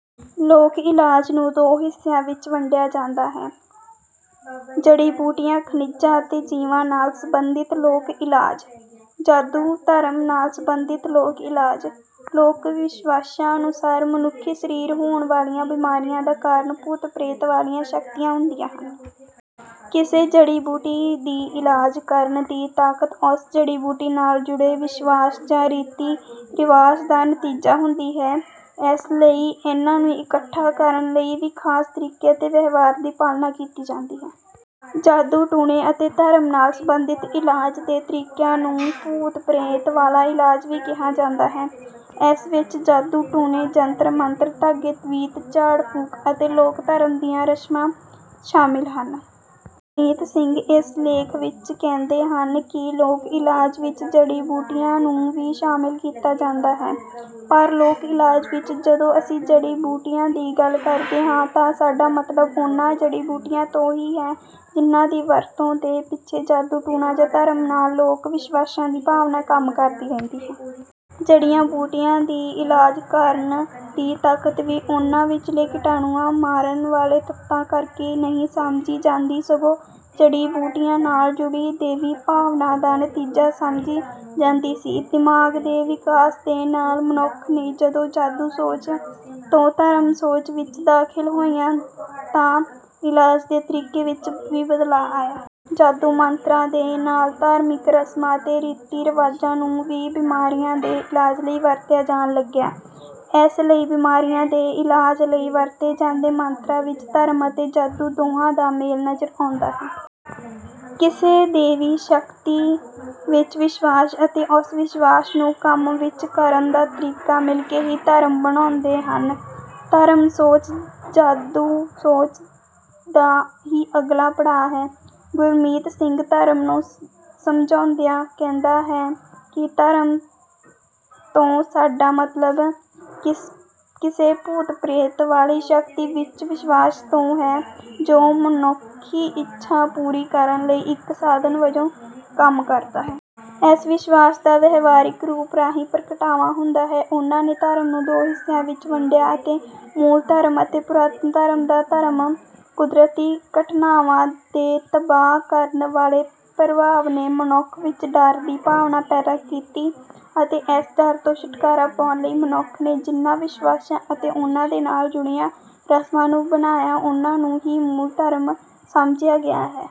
ਲੋਕ ਇਲਾਜ ਨੂੰ ਦੋ ਹਿੱਸਿਆਂ ਵਿੱਚ ਵੰਡਿਆ ਜਾਂਦਾ ਹੈ। ਜੜੀ ਬੂਟੀਆਂ ਖਣਿਜਾਂ ਅਤੇ ਜੀਵਾਂ ਨਾਲ ਸਬੰਧਿਤ ਲੋਕ ਇਲਾਜ। ਜਾਦੂ ਅਤੇ ਧਰਮ ਨਾਲ ਸਬੰਧਿਤ ਲੋਕ ਇਲਾਜ। ਲੋਕ ਵਿਸ਼ਵਾਸਾਂ ਅਨੁਸਾਰ ਮਨੁੱਖੀ ਸਰੀਰ ਨੂੰ ਹੋਣ ਵਾਲੀਆਂ ਬਿਮਾਰੀਆਂ ਦਾ ਕਾਰਨ ਭੂਤ ਪ੍ਰੇਤ ਵਾਲੀਆਂ ਸ਼ਕਤੀਆਂ ਹੁੰਦੀਆਂ ਹਨ। ਕਿਸੇ ਜੜੀ ਬੂਟੀ ਦੀ ਇਲਾਜ ਕਰਨ ਦੀ ਤਾਕਤ ਉਸ ਜੜੀ ਬੂਟੀ ਨਾਲ ਜੁੜੇ ਵਿਸ਼ਵਾਸ ਜਾਂ ਰੀਤੀ ਰਿਵਾਜ ਦਾ ਨਤੀਜਾ ਹੁੰਦੀ ਹੈ। ਇਸ ਲਈ ਇਨ੍ਹਾਂ ਨੂੰ ਇਕੱਠਾ ਕਰਨ ਲਈ ਵੀ ਖਾਸ ਤਰੀਕੇ ਅਤੇ ਵਿਵਹਾਰ ਦੀ ਪਾਲਣਾ ਕੀਤੀ ਜਾਂਦੀ ਹੈ। ਜਾਦੂ ਟੂਣੇ ਅਤੇ ਧਰਮ ਨਾਲ ਸਬੰਧਿਤ ਇਲਾਜ ਦੇ ਤਰੀਕਿਆਂ ਨੂੰ ਭੂਤ ਪ੍ਰੇਤ ਵਾਲਾ ਇਲਾਜ ਵੀ ਕਿਹਾ ਜਾਂਦਾ ਹੈ। ਇਸ ਵਿੱਚ ਜਾਦੂ ਟੂਣੇ ਜੰਤਰ ਮੰਤਰ ਧਾਗੇ ਤਵੀਤ ਝਾੜ ਫੂਕ ਅਤੇ ਲੋਕ ਧਰਮ ਦੀਆਂ ਰਸਮਾਂ ਸ਼ਾਮਿਲ ਹਨ। ਗੁਰਮੀਤ ਸਿੰਘ ਇਸ ਲੇਖ ਵਿੱਚ ਕਹਿੰਦੇ ਹਨ ਕਿ ਲੋਕ ਇਲਾਜ ਵਿੱਚ ਜੜੀ ਬੂਟੀਆਂ ਨੂੰ ਵੀ ਸ਼ਾਮਿਲ ਕੀਤਾ ਜਾਂਦਾ ਹੈ। ਪਰ ਲੋਕ ਇਲਾਜ ਵਿੱਚ ਜਦੋਂ ਅਸੀਂ ਜੜੀ ਬੂਟੀਆਂ ਦੀ ਗੱਲ ਕਰਦੇ ਹਾਂ ਤਾਂ ਸਾਡਾ ਮਤਲਬ ਉਨ੍ਹਾਂ ਜੜੀ ਬੂਟੀਆਂ ਤੋਂ ਹੀ ਹੈ ਜਿਨ੍ਹਾਂ ਦੀ ਵਰਤੋਂ ਦੇ ਪਿੱਛੇ ਜਾਦੂ ਟੂਣਾ ਜਾਂ ਧਰਮ ਨਾਲ ਲੋਕ ਵਿਸ਼ਵਾਸਾਂ ਦੀ ਭਾਵਨਾ ਕੰਮ ਕਰਦੀ ਰਹਿੰਦੀ ਹੈ। ਜੜੀ ਬੂਟੀਆਂ ਦੀ ਇਲਾਜ ਕਰਨ ਦੀ ਤਾਕਤ ਵੀ ਉਨ੍ਹਾਂ ਵਿੱਚਲੇ ਕੀਟਾਣੂ ਮਾਰਨ ਵਾਲੇ ਤੱਤਾਂ ਕਰਕੇ ਨਹੀਂ ਸਮਝੀ ਜਾਂਦੀ ਸਗੋਂ ਜੜੀ ਬੂਟੀਆਂ ਨਾਲ ਜੁੜੀ ਦੇਵੀ ਭਾਵਨਾ ਦਾ ਨਤੀਜਾ ਸਮਝੀ ਜਾਂਦੀ ਸੀ। ਦਿਮਾਗ ਦੇ ਵਿਕਾਸ ਦੇ ਨਾਲ ਮਨੁੱਖ ਨੇ ਜਦੋਂ ਜਾਦੂ ਸੋਚ ਤੋਂ ਧਰਮ ਸੋਚ ਵਿੱਚ ਦਾਖਲ ਹੋਇਆ ਤਾਂ ਇਲਾਜ ਦੇ ਤਰੀਕੇ ਵਿੱਚ ਵੀ ਬਦਲਾਅ ਆਇਆ। ਜਾਦੂ ਮੰਤਰਾਂ ਦੇ ਨਾਲ ਧਾਰਮਿਕ ਰਸਮਾਂ ਅਤੇ ਰੀਤੀ ਰਿਵਾਜਾਂ ਨੂੰ ਵੀ ਬਿਮਾਰੀਆਂ ਦੇ ਇਲਾਜ ਲਈ ਵਰਤਿਆ ਜਾਣ ਲੱਗਿਆ। ਇਸ ਲਈ ਬਿਮਾਰੀਆਂ ਦੇ ਇਲਾਜ ਲਈ ਵਰਤੇ ਜਾਂਦੇ ਮੰਤਰਾਂ ਵਿੱਚ ਧਰਮ ਅਤੇ ਜਾਦੂ ਦੋਹਾਂ ਦਾ ਮੇਲ ਨਜ਼ਰ ਆਉਂਦਾ ਹੈ। ਕਿਸੇ ਦੇਵੀ ਸ਼ਕਤੀ ਵਿੱਚ ਵਿਸ਼ਵਾਸ ਅਤੇ ਉਸ ਵਿਸ਼ਵਾਸ ਨੂੰ ਕੰਮ ਵਿੱਚ ਕਰਨ ਦਾ ਤਰੀਕਾ ਮਿਲਕੇ ਹੀ ਧਰਮ ਬਣਾਉਂਦੇ ਹਨ। ਧਰਮ ਸੋਚ ਜਾਦੂ ਸੋਚ ਦਾ ਹੀ ਅਗਲਾ ਪੜਾਅ ਹੈ। ਗੁਰਮੀਤ ਸਿੰਘ ਧਰਮ ਨੂੰ ਸਮਝਾਉਂਦਿਆਂ ਕਹਿੰਦਾ ਹੈ ਕਿ ਧਰਮ ਤੋਂ ਸਾਡਾ ਮਤਲਬ ਕਿਸੇ ਭੂਤ ਪ੍ਰੇਤ ਵਾਲੀ ਸ਼ਕਤੀ ਵਿੱਚ ਵਿਸ਼ਵਾਸ ਤੋਂ ਹੈ ਜੋ ਮਨੁੱਖੀ ਇੱਛਾ ਪੂਰੀ ਕਰਨ ਲਈ ਇੱਕ ਸਾਧਨ ਵਜੋਂ ਕੰਮ ਕਰਦਾ ਹੈ। ਇਸ ਵਿਸ਼ਵਾਸ ਦਾ ਵਿਹਾਰਕ ਰੂਪ ਰਾਹੀਂ ਪ੍ਰਗਟਾਵਾ ਹੁੰਦਾ ਹੈ। ਉਨ੍ਹਾਂ ਨੇ ਧਰਮ ਨੂੰ ਦੋ ਹਿੱਸਿਆਂ ਵਿੱਚ ਵੰਡਿਆ ਹੈ ਮੂਲ ਧਰਮ ਅਤੇ ਪੁਰਾਣੇ ਸਮੇਂ ਦਾ ਧਰਮ। ਕੁਦਰਤੀ ਘਟਨਾਵਾਂ ਦੇ ਤਬਾਹ ਕਰਨ ਵਾਲੇ ਪ੍ਰਭਾਵ ਨੇ ਮਨੁੱਖ ਵਿੱਚ ਡਰ ਦੀ ਭਾਵਨਾ ਪੈਦਾ ਕੀਤੀ ਅਤੇ ਇਸ ਡਰ ਤੋਂ ਛੁਟਕਾਰਾ ਪਾਉਣ ਲਈ ਮਨੁੱਖ ਨੇ ਜਿਨ੍ਹਾਂ ਵਿਸ਼ਵਾਸਾਂ ਅਤੇ ਉਨ੍ਹਾਂ ਦੇ ਨਾਲ ਜੁੜੀਆਂ ਰਸਮਾਂ ਨੂੰ ਬਣਾਇਆ ਉਨ੍ਹਾਂ ਨੂੰ ਹੀ ਮੂਲ ਧਰਮ ਸਮਝਿਆ ਗਿਆ ਹੈ।